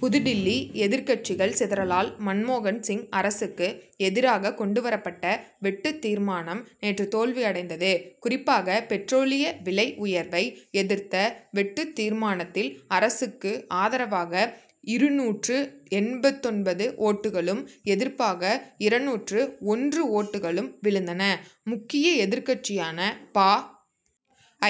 புதுடில்லி எதிர்க்கட்சிகள் சிதறலால் மன்மோகன் சிங் அரசுக்கு எதிராக கொண்டுவரப்பட்ட வெட்டுத் தீர்மானம் நேற்று தோல்வி அடைந்தது. குறிப்பாக பெட்ரோலிய விலை உயர்வை எதிர்த்த வெட்டுத் தீர்மானத்தில் அரசுக்கு ஆதரவாக இருநூற்று எண்பத்தொன்பது ஓட்டுகளும் எதிர்ப்பாக இருநூற்று ஒன்று ஓட்டுகளும் விழுந்தன. முக்கிய எதிர்க்கட்சியான பா.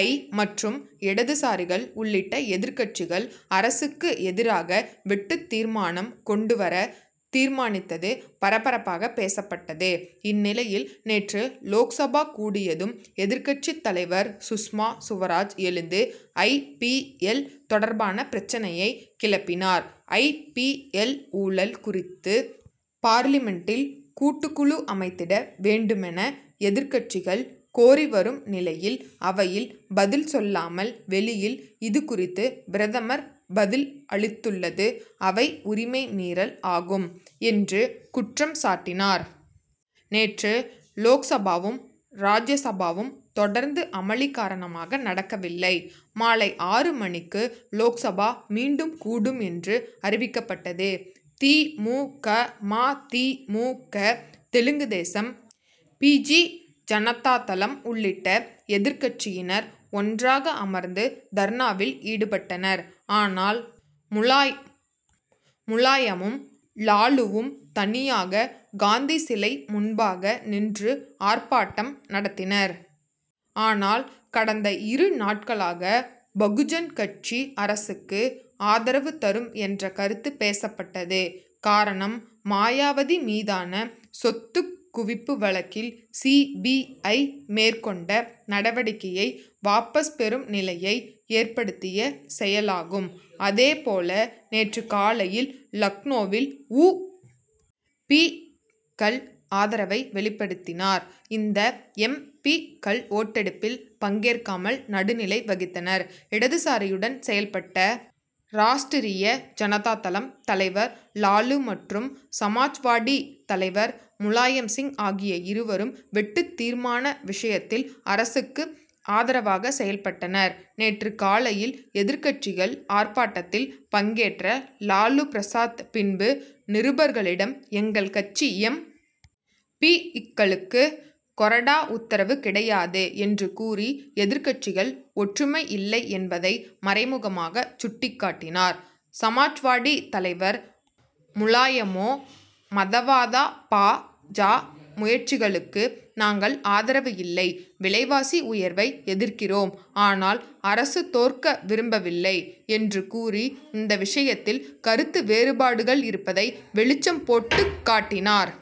ஐ. மற்றும் இடதுசாரிகள் உள்ளிட்ட எதிர்க்கட்சிகள் அரசுக்கு எதிராக வெட்டுத் தீர்மானம் கொண்டுவர தீர்மானித்தது பரபரப்பாக பேசப்பட்டது. இந்நிலையில் நேற்று லோக்சபா கூடியதும் எதிர்க்கட்சித் தலைவர் சுஷ்மா சுவராஜ் எழுந்து ஐ. பி. எல். தொடர்பான பிரச்னையை கிளப்பினார். ஐ. பி. எல். ஊழல் குறித்து பார்லிமென்டின் கூட்டுக்குழு அமைத்திட வேண்டுமென எதிர்க்கட்சிகள் கோரி வரும் நிலையில் அவையில் பதில் சொல்லாமல் வெளியில் இதுகுறித்து பிரதமர் பதில் அளித்துள்ளது அவை உரிமை மீறல் ஆகும் என்று குற்றம் சாட்டினார். நேற்று லோக்சபாவும் ராஜசபாவும் தொடர்ந்து அமளி காரணமாக நடக்கவில்லை. மாலை ஆறு மணிக்கு லோக்சபா மீண்டும் கூடும் என்று அறிவிக்கப்பட்டது. தி. மு. க. ம. தி. மு. க. தெலுங்குதேசம் பிஜு ஜனதாதளம் உள்ளிட்ட எதிர்க்கட்சியினர் ஒன்றாக அமர்ந்து தர்ணாவில் ஈடுபட்டனர். ஆனால் முலாயமும் லாலுவும் தனியாக காந்தி சிலை முன்பாக நின்று ஆர்ப்பாட்டம் நடத்தினர். ஆனால் கடந்த இருநாட்களாக பகுஜன் கட்சி அரசுக்கு ஆதரவு தரும் என்ற கருத்து பேசப்பட்டது காரணம் மாயாவதி மீதான சொத்துக் குவிப்பு வழக்கில் சி. பி. ஐ. மேற்கொண்ட நடவடிக்கையை வாபஸ் பெறும் நிலையை ஏற்படுத்திய செயலாகும். அதே போல நேற்று காலையில் லக்னோவில் உ. பி.க்கள் ஆதரவை வெளிப்படுத்தினார். இந்த எம். பி.க்கள் ஓட்டெடுப்பில் பங்கேற்காமல் நடுநிலை வகித்தனர். இடதுசாரியுடன் செயல்பட்ட ராஷ்டிரிய ஜனதாதளம் தலைவர் லாலு மற்றும் சமாஜ்வாடி தலைவர் முலாயம் சிங் ஆகிய இருவரும் வெட்டுத் தீர்மான விஷயத்தில் அரசுக்கு ஆதரவாக செயல்பட்டனர். நேற்று காலையில் எதிர்க்கட்சிகள் ஆர்ப்பாட்டத்தில் பங்கேற்ற லாலு பிரசாத் பின்பு நிருபர்களிடம் எங்கள் கட்சி எம். பி.க்களுக்கு கொறடா உத்தரவு கிடையாது என்று கூறி எதிர்க்கட்சிகள் ஒற்றுமை இல்லை என்பதை மறைமுகமாக சுட்டிக்காட்டினார். சமாஜ்வாடி தலைவர் முலாயமோ மதவாத பா. ஜ. முயற்சிகளுக்கு நாங்கள் ஆதரவு இல்லை விலைவாசி உயர்வை எதிர்க்கிறோம் ஆனால் அரசு தோற்க விரும்பவில்லை என்று கூறி இந்த விஷயத்தில் கருத்து வேறுபாடுகள் இருப்பதை வெளிச்சம் போட்டுக் காட்டினார்.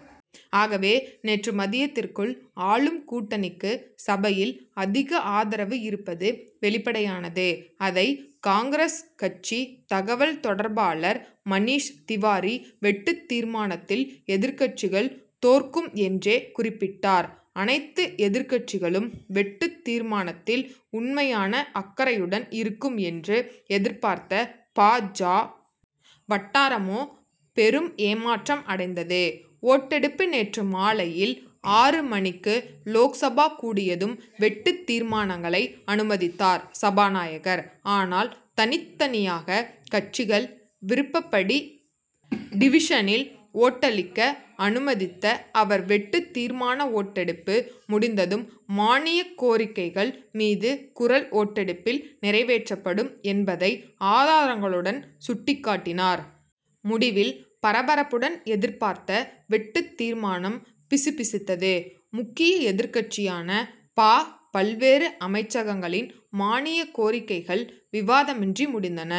ஆகவே நேற்று மதியத்திற்குள் ஆளும் கூட்டணிக்கு சபையில் அதிக ஆதரவு இருப்பது வெளிப்படையானது. அதை காங்கிரஸ் கட்சி தகவல்தொடர்பாளர் மணீஷ் திவாரி வெட்டுத் தீர்மானத்தில் எதிர்க்கட்சிகள் தோற்கும் என்றே குறிப்பிட்டார். அனைத்து எதிர்க்கட்சிகளும் வெட்டுத் தீர்மானத்தில் உண்மையான அக்கறையுடன் இருக்கும் என்று எதிர்பார்த்த பா. ஜ. வட்டாரமோ பெரும் ஏமாற்றம் அடைந்தது. ஓட்டெடுப்பு நேற்று மாலையில் ஆறு மணிக்கு லோக்சபா கூடியதும் வெட்டுத் தீர்மானங்களை அனுமதித்தார் சபாநாயகர். ஆனால் தனித் தனியாக கட்சிகள் விருப்பப்படி டிவிஷனில் ஓட்டளிக்க அனுமதித்த அவர் வெட்டுத் தீர்மான ஓட்டெடுப்பு முடிந்ததும் மானியக் கோரிக்கைகள் மீது குரல் ஓட்டெடுப்பில் நிறைவேற்றப்படும் என்பதை ஆதாரங்களுடன் சுட்டிக்காட்டினார். முடிவில் பரபரப்புடன் எதிர்பார்த்த வெட்டுத் தீர்மானம் பிசுபிசுத்தது. முக்கிய எதிர்க்கட்சியான பா. பல்வேறு அமைச்சகங்களின் மானியக் கோரிக்கைகள் விவாதமின்றி முடிந்தன.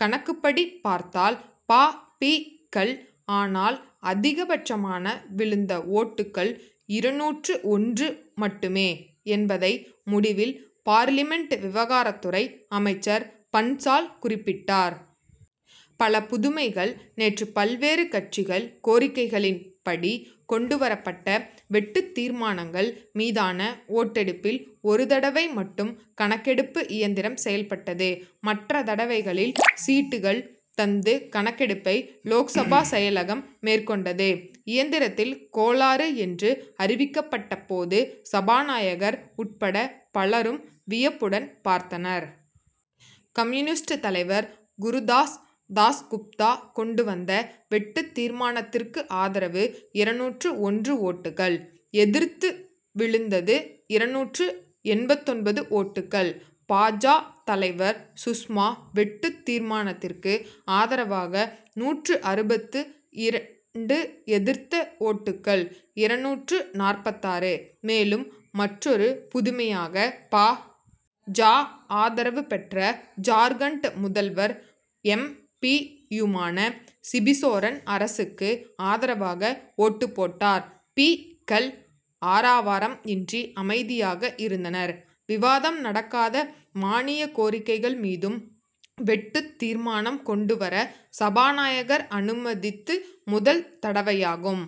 கணக்குப்படி பார்த்தால் பா. பி.க்கள். ஆனால் அதிக பட்சமாக விழுந்த ஒட்டுகள் இருநூற்று ஒன்று மட்டுமே என்பதை முடிவில் பார்லிமென்ட் விவகாரத்துறை அமைச்சர் பன்சால் குறிப்பிட்டார். பல புதுமைகள் நேற்று பல்வேறு கட்சிகள் கோரிக்கைகளின் படி கொண்டுவரப்பட்ட வெட்டுத் தீர்மானங்கள் மீதான ஓட்டெடுப்பில் ஒரு தடவை மட்டும் கணக்கெடுப்பு இயந்திரம் செயல்பட்டது. மற்ற தடவைகளில் சீட்டுகள் தந்து கணக்கெடுப்பை லோக்சபா செயலகம் மேற்கொண்டது. இயந்திரத்தில் கோளாறு என்று அறிவிக்கப்பட்ட போது சபாநாயகர் உட்பட பலரும் வியப்புடன் பார்த்தனர். கம்யூனிஸ்ட் தலைவர் குருதாஸ் தாஸ்குப்தா கொண்டு வந்த வெட்டுத் தீர்மானத்திற்கு ஆதரவு இருநூற்று ஒன்று ஓட்டுகள். எதிர்த்து விழுந்தது இருநூற்று எண்பத்தொன்பது ஓட்டுகள். பா. ஜ. தலைவர் சுஷ்மா வெட்டுத் தீர்மானத்திற்கு ஆதரவாக நூற்று அறுபத்து இரண்டு எதிர்த்த ஓட்டுகள் இருநூற்று நாற்பத்தாறு. மேலும் மற்றொரு புதுமையாக பா. ஜ. ஆதரவு பெற்ற ஜார்க்கண்ட் முதல்வரும் எம். பி.யுமான சிபுசோரன் அரசுக்கு ஆதரவாக ஓட்டு போட்டார். பி.க்கள் ஆரவாரம் இன்றி அமைதியாக இருந்தனர். விவாதம் நடக்காத மானிய கோரிக்கைகள் மீதும் வெட்டுத் தீர்மானம் கொண்டுவர சபாநாயகர் அனுமதித்து முதல் தடவையாகும்.